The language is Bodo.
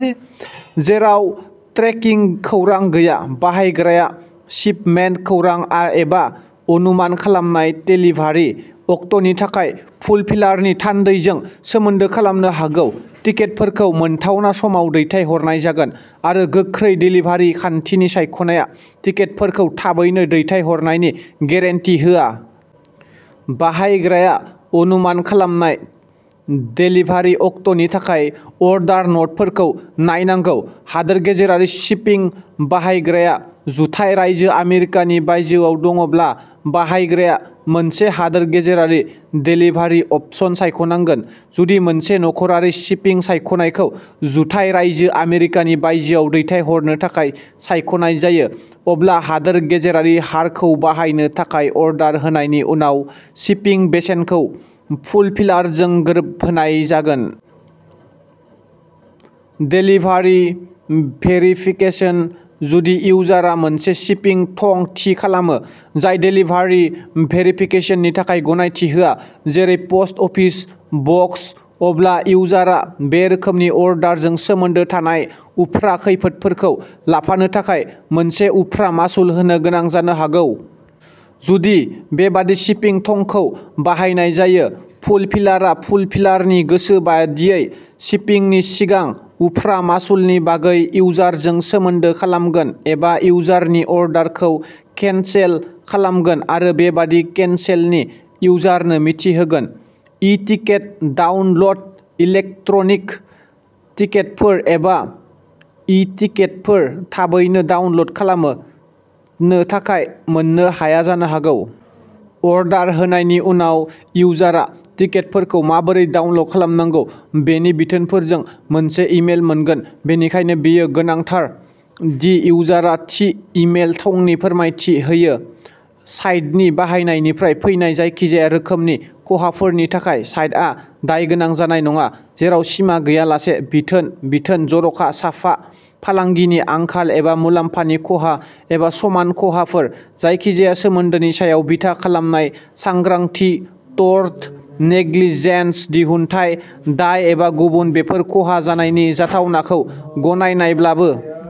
जेराव ट्रेकिं खौरां गैया, बाहायग्राया शिपमेन्ट खौरां एबा अनुमान खालामनाय देलिभारि अक्ट'नि थाखाय फुलफिलारनि थान्दैजों सोमोन्दो खालामनो हागौ। टिकेटफोरखौ मोनथावना समाव दैथायहरनाय जागोन, आरो गोख्रै देलिभारि खान्थिनि सायख'नाया टिकेटफोरखौ थाबैनो दैथायहरनायनि गेरेन्टि होआ। बाहायग्राया अनुमान खालामनाय देलिभारि अक्ट'नि थाखाय अर्डार न'टफोरखौ नायनांगौ। हादोर गेजेरारि शिपिं। बाहायग्राया जुथाइ रायजो आमेरिकानि बायजोआव दङब्ला, बाहायग्राया मोनसे हादोर गेजेरारि देलिभारि अपसन सायख'नांगोन। जुदि मोनसे नखरारि शिपिं सायख'नायखौ जुथाइ रायजो आमेरिकानि बायजोआव दैथायहरनो थाखाय सायख'नाय जायो, अब्ला हादोर गेजेरारि हारखौ बाहायनो थाखाय अर्डार होनायनि उनाव शिपिं बेसेनखौ फुलफिलारजों गोरोबहोनाय जागोन। Delivery verification. जुदि इउजारआ मोनसे शिपिं थं थि खालामो जाय देलिभारि भेरिफिकेसननि थाखाय गनायथि होआ, जेरै पस्ट अफिस बक्स, अब्ला इउजारआ बे रोखोमनि अर्डारजों सोमोन्दो थानाय उफ्रा खैफोदफोरखौ लाफानो थाखाय मोनसे उफ्रा मासुल होनो गोनां जानो हागौ। जुदि बेबादि शिपिं थंखौ बाहायनाय जायो, फुलफिलारआ फुलफिलारनि गोसो बादियै, शिपिंनि सिगां उफ्रा मासुलनि बागै इउजारजों सोमोन्दो खालामगोन एबा इउजारनि अर्डारखौ केन्सेल खालामगोन आरो बेबादि केन्सेलनि इउजारनो मिथिहोगोन। E ticket download. इलेक्ट्रनिक टिकेटफोर एबा "इ-टिकेटफोर" थाबैनो डाउनल'ड खालामनो थाखाय मोन्नो हाया जानो हागौ। अर्डार होनायनि उनाव, इउजारआ टिकेटफोरखौ माबोरै डाउनल'ड खालामनांगौ बेनि बिथोनफोरजों मोनसे इमेल मोनगोन; बेनिखायनो, बेयो गोनांथार दि इउजारआ थि इमेल थंनि फोरमायथि होयो। साइटनि बाहायनायनिफ्राय फैनाय जायखिजाया रोखोमनि खहाफोरनि थाखाय साइटआ दाय गोनां जानाय नङा, जेराव सिमा गैयालासे बिथोन, बिथोन, जर'खा, साजा, फालांगिनि आंखाल, एबा मुलाम्फानि खहा, एबा समान खहाफोर, जायखिजाया सोमोन्दोनि सायाव बिथा खालामनाय, सांग्रांथि, टर्ट, नेग्लिजेन्स, दिहुनथाय दाय एबा गुबुन, बेफोर खहा जानायनि जाथावनाखौ गनायनायब्लाबो।